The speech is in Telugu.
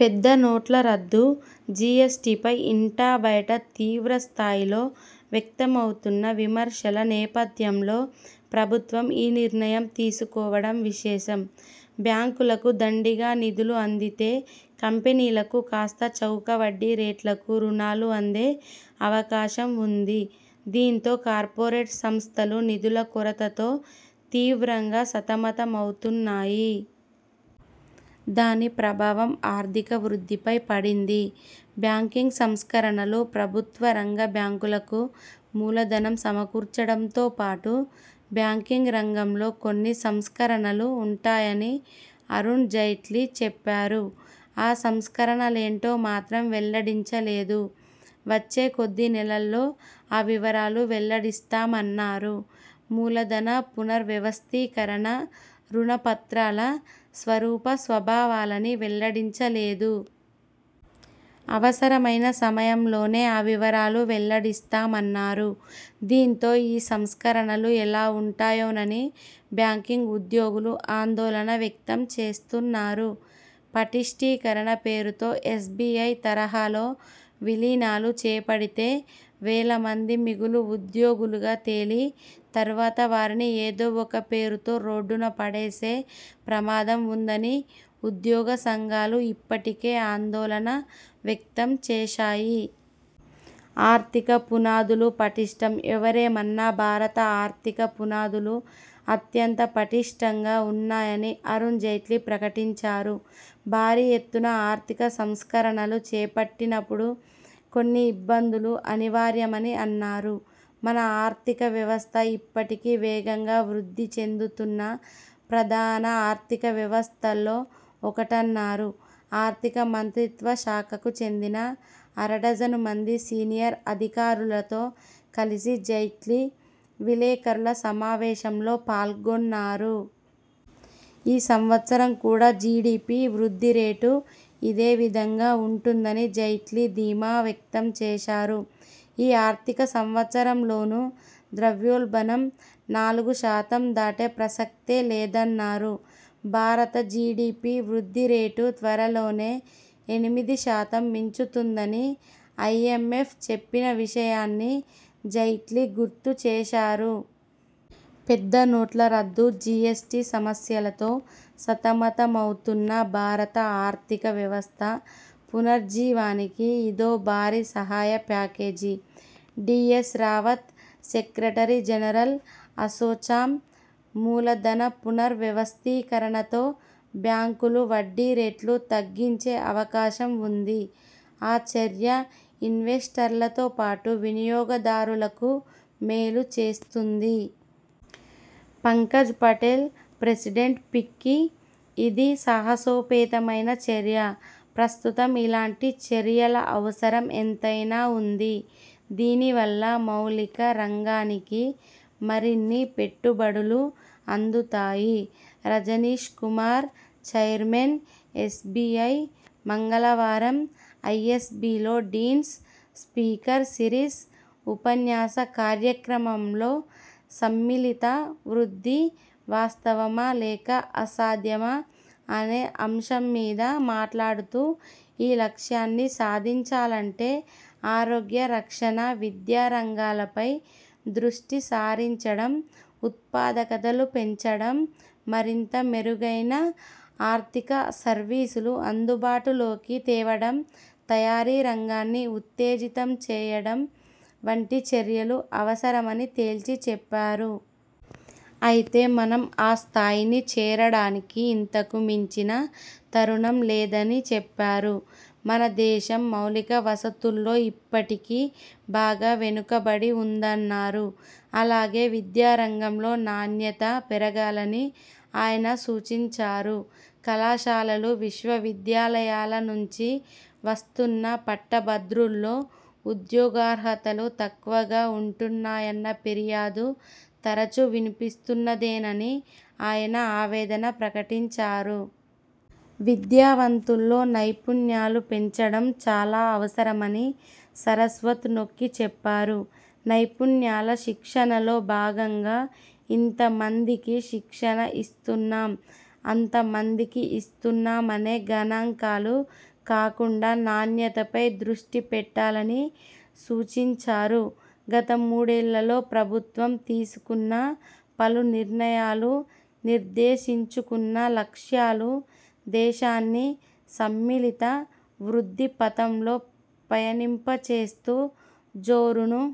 పెద్ద నోట్ల రద్దు, జిఎస్టిపై ఇంటా బయట తీవ్రస్థాయిలో వ్యక్తమవుతున్న విమర్శల నేపథ్యంలో ప్రభుత్వం ఈ నిర్ణయం తీసుకోవడం విశేషం. బ్యాంకులకు దండిగా నిధులు అందితే కంపెనీలకు కాస్తా చౌక వడ్డీ రేట్లకు రుణాలు అందే అవకాశం ఉంది. దీంతో కార్పొరేట్ సంస్థలు నిధుల కొరతతో తీవ్రంగా సతమతమవుతున్నాయి. దాని ప్రభావం ఆర్థిక వృద్ధిపై పడింది. బ్యాంకింగ్ సంస్కరణలు ప్రభుత్వ రంగ బ్యాంకులకు మూల ధనం సమకూర్చడంతో పాటు బ్యాంకింగ్ రంగంలో కొన్ని సంస్కరణలూ ఉంటాయని అరుణ్ జైట్లీ చెప్పారు. ఆ సంస్కరణలేంటో మాత్రం వెల్లడించలేదు. వచ్చే కొద్ది నెలల్లో ఆ వివరాలు వెల్లడిస్తామన్నారు. మూలధన పునర్ వ్యవస్థీకరణ రుణ పత్రాల స్వరూప స్వభావాలనీ వెల్లడించలేదు. అవసరమైన సమయంలోనే ఆ వివరాలు వెల్లడిస్తామన్నారు. దీంతో ఈ సంస్కరణలు ఎలా ఉంటాయోనని బ్యాంకింగ్ ఉద్యోగులు ఆందోళన వ్యక్తం చేస్తున్నారు. పటిష్టీకరణ పేరుతో ఎస్బిఐ తరహాలో విలీనాలు చేపడితే వేల మంది మిగులు ఉద్యోగులుగా తేలి తర్వాత వారిని ఏదో ఒక పేరుతో రోడ్డున పడేసే ప్రమాదం ఉందని ఉద్యోగ సంఘాలు ఇప్పటికే ఆందోళన వ్యక్తం చేశాయి. ఆర్థికపునాదులు పటిష్టం ఎవరేమన్నా భారత ఆర్థిక పునాదులు అత్యంత పటిష్టంగా ఉన్నాయని అరుణ్ జైట్లీ ప్రకటించారు. భారీ ఎత్తున ఆర్థిక సంస్కరణలు చేపట్టినప్పుడు కొన్ని ఇబ్బందులు అనివార్యమని అన్నారు. మన ఆర్థిక వ్యవస్థ ఇప్పటికీ వేగంగా వృద్ధి చెందుతున్న ప్రధాన ఆర్థిక వ్యవస్థల్లో ఒకటన్నారు. ఆర్థిక మంత్రిత్వ శాఖకు చెందిన అరడజను మంది సీనియర్ అధికారులతో కలిసి జైట్లీ విలేకరుల సమావేశంలో పాల్గొన్నారు. ఈ సంవత్సరం కూడా జిడిపి వృద్ధి రేటు ఇదే విధంగా ఉంటుందని జైట్లీ ధీమా వ్యక్తం చేశారు. ఈ ఆర్థిక సంవత్సరంలోనూ ద్రవ్యోల్బణం నాలుగు శాతం దాటే ప్రసక్తే లేదన్నారు. భారత జిడిపి వృద్ధి రేటు త్వరలోనే ఎనిమిది శాతం మించుతుందని ఐఎంఎఫ్ చెప్పిన విషయాన్ని జైట్లీ గుర్తు చేశారు. పెద్ద నోట్ల రద్దు, జిఎస్టి సమస్యలతో సతమతమవుతున్న భారత ఆర్థిక వ్యవస్థ పునరుజ్జీవానికి ఇదో భారీ సహాయ package. D S Rawat, secretary general, ASSOCHAM మూల ధన పునర్ వ్యవస్థీకరణతో బ్యాంకులు వడ్డీ రేట్లు తగ్గించే అవకాశం ఉంది. ఆ చర్య ఇన్వెస్టర్లతో పాటు వినియోగదారులకూ మేలు చేస్తుంది. పంకజ్ పటేల్, ప్రెసిడెంట్, ఫిక్కీ ఇది సాహసోపేతమైన చర్య. ప్రస్తుతం ఇలాంటి చర్యల అవసరం ఎంతైనా ఉంది. దీనివల్ల మౌలిక రంగానికి మరిన్ని పెట్టుబడులు అందుతాయి. రజనీష్ కుమార్, చైర్మన్, ఎస్బిఐ మంగళవారం ఐఎ్సబిలో డీన్స్ స్పీకర్ సీరిస్ ఉపన్యాస కార్యక్రమంలో ''సమ్మిళిత వృద్ధి, వాస్తవమా లేక అసాధ్యమా'' అనే అంశం మీద మాట్లాడుతూ ఈ లక్ష్యాన్ని సాధించాలంటే ఆరోగ్య రక్షణ, విద్యా రంగాలపై దృష్టి సారించడం, ఉత్పాదకతలు పెంచడం, మరింత మెరుగైన ఆర్థిక సర్వీసులు అందుబాటులోకి తేవడం, తయారీ రంగాన్ని ఉత్తేజితం చేయడం వంటి చర్యలు అవసరమని తేల్చి చెప్పారు. అయితే మనం ఆ స్థాయిని చేరడానికి ఇంతకు మించిన తరుణం లేదని చెప్పారు. మన దేశం మౌలిక వసతుల్లో ఇప్పటికీ బాగా వెనుకబడి ఉన్నదన్నారు. అలాగే విద్యారంగంలో నాణ్యత పెరగాలని ఆయన సూచించారు. కళాశాలలు, విశ్వవిద్యాలయాల నుం చి వస్తున్న పట్టభద్రుల్లో ఉద్యోగార్హతలు తక్కువగా ఉంటున్నాయన్న ఫిర్యాదు తరచు వినిపిస్తున్నదేనని ఆయన ఆవేదన ప్రకటించారు. విద్యావంతుల్లో నైపుణ్యాలు పెంచడం చాలా అవసరమని సరస్వత్ నొక్కిచెప్పారు. నైపుణ్యాల శిక్షణలో భాగంగా ఇంతమందికి శిక్షణ ఇస్తున్నాం, అంతమందికి ఇస్తున్నాం అనే గణాంకాలు కాకుండా నాణ్యతపై దృష్టి పెట్టాలని సూచించారు. గత మూడేళ్లలో ప్రభుత్వం తీసుకున్న పలు నిర్ణయాలు, నిర్దేశించుకున్న లక్ష్యాలు దేశాన్ని సమ్మిళిత వృద్ధి పథంలో పయనింపచేస్తూ జోరును